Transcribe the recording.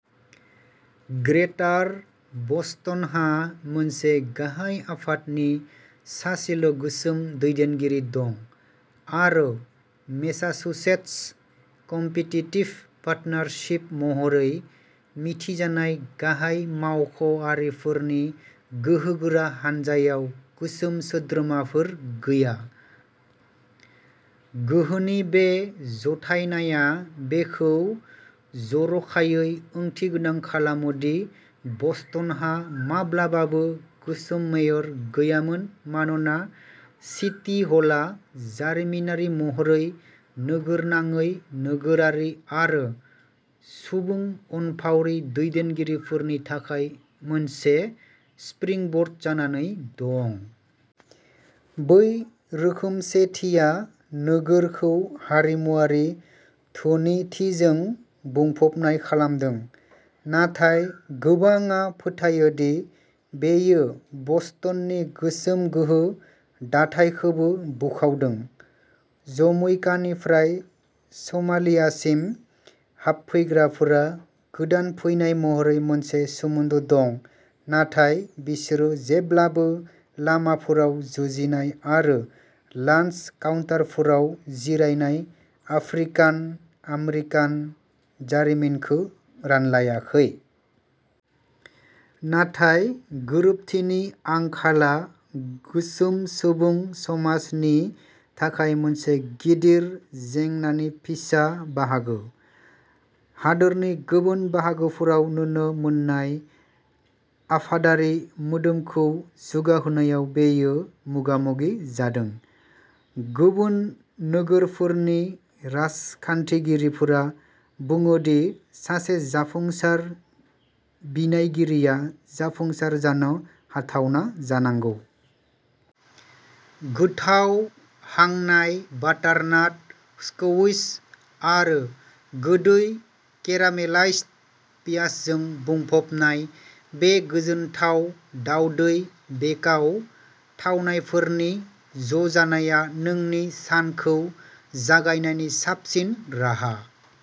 ग्रेटार बस्टनहा मोनसे गाहाय आफादनि सासेल'गोसोम दैदेनगिरि दं। आरो मेसाचुसेट्स कम्पिटिटिभ पार्टनारशिप महरै मिथिजानाय गाहाय मावख'आरिफोरनि गोहोगोरा हानजायाव गोसोम सोद्रोमाफोर गैया। गोहोनि बे ज'थायनाया बेखौ जर'खायै ओंथिगोनां खालामो दि बस्टनहा माब्लाबाबो गोसोम मेयर गैयामोन, मानोना सिटी हलआ जारिमिनारि महरै नोगोरनाङै नोगोरारि आरो सुबुं अनफावरि दैदेनगिरिफोरनि थाखाय मोनसे स्प्रिंबोर्ड जानानै दं। बै रोखोमसेथिया नोगोरखौ हारिमुआरि धोनिथिजों बुंफबनाय खालामदों, नाथाय गोबांआ फोथायो दि बेयो बस्टननि गोसोम गोहो दाथायखौबो बोखावदों। जमैकानिफ्राय सोमालियासिम हाबफैग्राफोरा गोदान फैनाय महरै मोनसे सोमोन्दो दं, नाथाय बिसोरो जेब्लाबो लामाफोराव जुजिनाय आरो लान्स काउन्टारफोराव जिरायनाय आफ्रिकान-आमेरिकान जारिमिनखौ रानलायाखै। नाथाय गोरोबथिनि आंखालआ गोसोम सुबुं समाजनि थाखाय मोनसे गिदिर जेंनानि फिसा बाहागोः हादोरनि गुबुन बाहागोफोराव नुनो मोननाय आफादारि मोदोमखौ जौगाहोनायाव बेयो मोगा-मोगि जादों। गुबुन नोगोरफोरनि राजखान्थिगिरिफोरा बुङो दि सासे जाफुंसार बिनायगिरिया जाफुंसार जानो हाथावना जानांगौ। गोथाव हांनाय बाटारनाट स्क्वैश आरो गोदै केरामेलाइज्ड पियाजजों बुंफबनाय, बे गोजोनथाव दावदै बेकआव थावनायफोरनि ज'जानाया नोंनि सानखौ जागायनायनि साबसिन राहा।